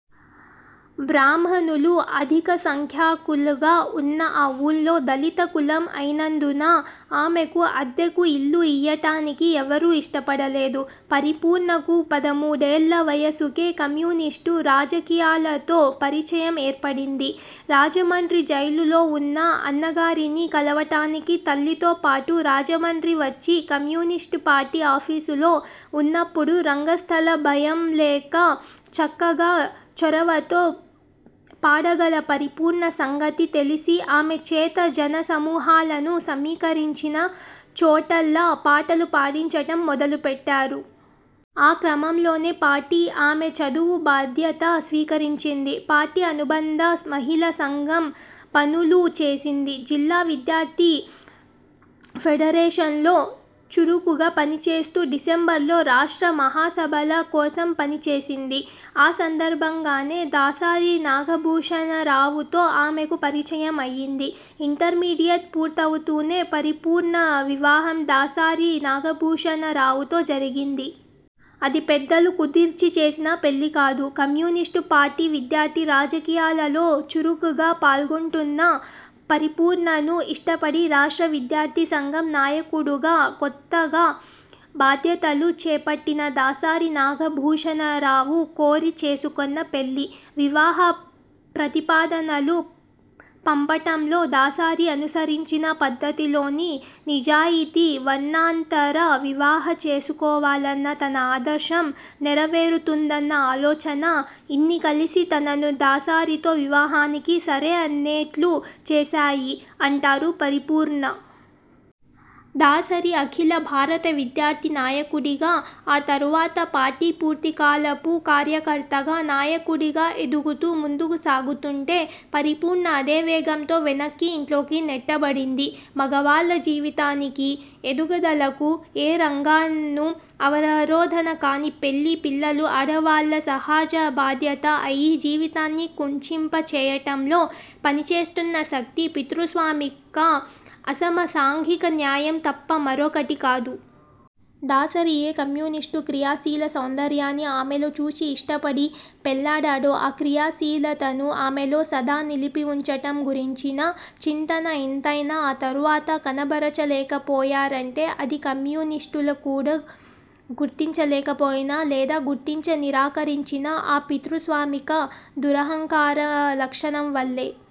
బ్రాహ్మణులు అధిక సంఖ్యాకులుగా ఉన్న ఆ వూళ్ళో దళిత కులం అయినందున ఆమెకు అద్దెకు ఇల్లు ఇయ్యటానికి ఎవ్వరూ ఇష్టపడలేదు. పరిపూర్ణకు పదమూడేళ్ల వయసుకే కమ్యూనిస్టు రాజకీయాలతో పరిచయం ఏర్పడింది. రాజమండ్రి జైలులో ఉన్న అన్నగారిని కలవటానికి తల్లితో పాటు రాజమండ్రి వచ్చి కమ్యూనిస్ట్పార్టీ ఆఫీసులో వున్నప్పుడు రంగస్థల భయంలేక చక్కగా చొరవతో పాడగల పరిపూర్ణ సంగతి తెలిసి ఆమె చేత జన సమూహాలను సమీకరిం చిన చోటల్లా పాటలు పాడించటం మొదలు పెట్టారు. ఆ క్రమంలోనే పార్టీ ఆమె చదువు బాధ్యత స్వీకరించింది. పార్టీ అనుబంధ మహిళా సంఘం పనులు చేసింది. జిల్లా విద్యార్థి ఫెడరేషన్లో చురుకుగా పనిచేస్తూ డిసెంబర్లో రాష్ట్ర మహాసభల కోసం పని చేసింది. ఆ సందర్భంగానే దాసరి నాగభూషణరావుతో ఆమెకు పరిచయం అయింది. ఇంటర్మీడియట్ పూర్తవుతూనే పరిపూర్ణ వివాహం దాసరి నాగభూషణరావుతో జరిగింది. అది పెద్దలు కుదిర్చిచేసిన పెళ్లికాదు. కమ్యూనిస్టు పార్టీ విద్యార్థి రాజకీయాలలో చురుకుగా పాల్గొంటున్న పరిపూర్ణను ఇష్టపడి రాష్ట్ర విద్యార్థి సంఘం నాయకుడుగా కొత్తగా బాధ్యతలు చేపట్టిన దాసరి నాగభూషణరావు కోరి చేసుకొన్నపెళ్లి. వివాహ ప్రతిపాదనలు పంపటంలో దాసరి అనుసరించిన పద్ధతిలోని నిజాయితీ-వర్ణాంతర వివాహం చేసుకోవాలన్న తన ఆదర్శం నెరవేరుతుందన్న ఆలోచన ఇన్నీ కలిసి తనను దాసరితో వివాహానికి సరే అనేట్లు చేశాయి అంటారు పరిపూర్ణ. దాసరి అఖిల భారత విద్యార్థి నాయకుడిగా, ఆ తరువాత పార్టీ పూర్తికాలపు కార్యకర్తగా, నాయకుడిగా ఎదుగుతూ ముందుకు సాగుతుంటే పరిపూర్ణ అదే వేగంతో వెనక్కి, ఇంట్లోకి నెట్టబడింది. మగవాళ్ల జీవితానికి, ఎదుగుదలకు ఏ రకంగానూ అవరోధం కాని పెళ్లి, పిల్లలు ఆడవాళ్ళ 'సహజ బాధ్యత' అయి జీవితాన్ని కుంచింప చేయటంలో పనిచేస్తున్న శక్తి పితృస్వామిక అసమ సాంఘిక న్యాయం తప్ప మరొకటి కాదు. దాసరి ఏ కమ్యూనిస్టు క్రియాశీల సౌంద ర్యాన్ని ఆమెలో చూచి ఇష్టపడి పెళ్లాడాడో ఆ క్రియాశీలతను ఆమెలో సదా నిలిపివుంచటం గురించిన చింతన ఇంతైనా ఆ తరువాత కనబరచ లేకపోయా రంటే అది కమ్యూనిస్టులు కూడా గుర్తించలేకపోయిన లేదా గుర్తించ నిరాకరించిన ఆ పితృస్వామిక దురహంకార లక్షణం వల్లే